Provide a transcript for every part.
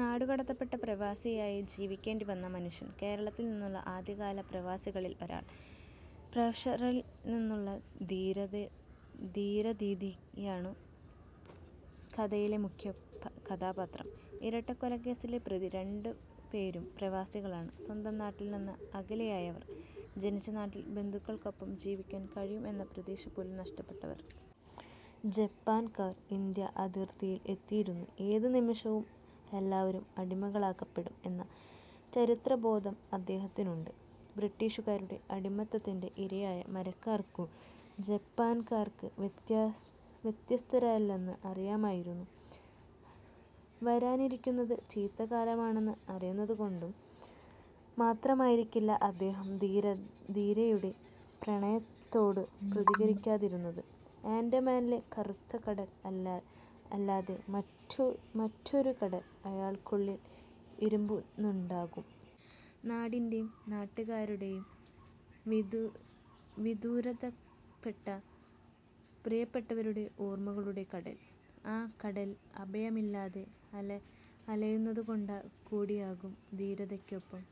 നാടു കടത്തപ്പെട്ട് പ്രവാസിയായി ജീവിക്കേണ്ടിവന്ന മനുഷ്യൻ. കേരളത്തിൽ നിന്നുള്ള ആദ്യകാല പ്രവാസികളിൽ ഒരാൾ. പ്രഷറിൽ നിന്നുള്ള ധീരാദീദിയാണു കഥയിലെ മുഖ്യ കഥാപാത്രം. ഇരട്ടക്കൊലക്കേസിലെ പ്രതി. രണ്ടു പേരും പ്രവാസികളാണ്. സ്വന്തം നാട്ടിൽ നിന്ന് അകലെയായവർ. ജനിച്ച നാട്ടിൽ ബന്ധുക്കൾക്കൊപ്പം ജീവിക്കാൻ കഴിയും എന്ന പ്രതീക്ഷ പോലും നഷ്ടപ്പെട്ടവർ. ജപ്പാൻകാർ ഇന്ത്യ അതിർത്തിയിൽ എത്തിയിരുന്നു. ഏതു നിമിഷവും എല്ലാവരും അടിമകളാക്കപ്പെടും എന്ന ചരിത്രബോധം അദ്ദേഹത്തിനുണ്ട്. ബ്രിട്ടിഷുകാരുടെ അടിമത്തത്തിന്റെ ഇരയായ മരയ്ക്കാർക്കു ജപ്പാൻകാർക്ക് വ്യത്യസ്തരല്ലെന്ന് അറിയാമായിരുന്നു. വരാനിരിക്കുന്നതു ചീത്തക്കാലമാണെന്ന് അറിയുന്നതു കൊണ്ടു മാത്രമായിരിക്കില്ല അദ്ദേഹം ധീരയുടെ പ്രണയത്തോടു പ്രതികരിക്കാതിരുന്നത്. ആൻഡമാനിലെ കറുത്ത കടൽ അല്ലാതെ മറ്റൊരു കടൽ അയാൾക്കുള്ളിൽ ഇരമ്പുന്നുണ്ടാകും. നാടിന്റെ, നാട്ടുകാരുടെ, വിദൂരതപ്പെട്ട പ്രിയപ്പെട്ടവരുടെ ഓർമകളുടെ കടൽ. ആ കടൽ അഭയമില്ലാതെ അലയുന്നതുകൊണ്ടുകൂടിയാകും ധീരതയ്ക്കൊപ്പം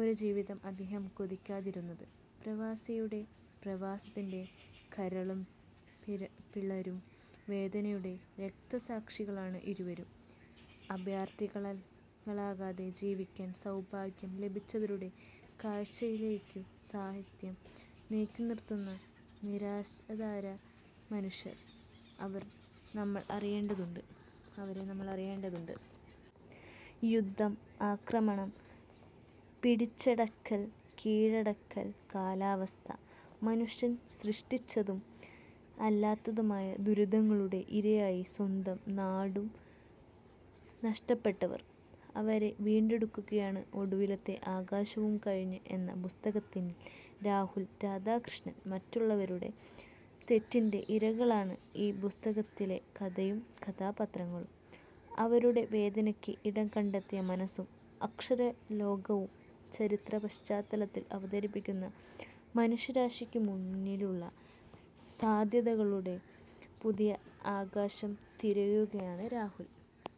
ഒരു ജീവിതം അദ്ദേഹം കൊതിക്കാതിരുന്നത്. പ്രവാസിയുടെ, പ്രവാസത്തിന്റെ കരളും പിളരും വേദനയുടെ രക്തസാക്ഷികളാണ് ഇരുവരും. അഭയാർഥികളാകാതെ ജീവിക്കാൻ സൗഭാഗ്യം ലഭിച്ചവരുടെ കാഴ്ചയിലേക്കു സാഹിത്യം നീക്കിനിർത്തുന്ന നിരാശരാര മനുഷ്യർ. അവർ നമ്മൾ അറിയേണ്ടതുണ്ട്. യുദ്ധം, ആക്രമണം, പിടിച്ചടക്കൽ, കീഴടക്കൽ, കാലാവസ്ഥ. മനുഷ്യൻ സൃഷ്ടിച്ചതും അല്ലാത്തതുമായ ദുരന്തങ്ങളുടെ ഇരയായി സ്വന്തം നാടു നഷ്ടപ്പെട്ടവർ. അവരെ വീണ്ടെടുക്കുകയാണ് ഒടുവിലത്തെ ആകാശവും കഴിഞ്ഞ് എന്ന പുസ്തകത്തിൽ രാഹുൽ രാധാകൃഷ്ണൻ. മറ്റുള്ളവരുടെ തെറ്റിന്റെ ഇരകളാണ് ഈ പുസ്തകത്തിലെ കഥയും കഥാപാത്രങ്ങളും. അവരുടെ വേദനയ്ക്ക് ഇടം കണ്ടെത്തിയ മനസ്സും അക്ഷരലോകവും ചരിത്ര പശ്ചാത്തലത്തിൽ അവതരിപ്പിക്കുന്ന മനുഷ്യരാശിക്കു മുന്നിലുള്ള സാധ്യതകളുടെ പുതിയ ആകാശം തിരയുകയാണ് രാഹുൽ.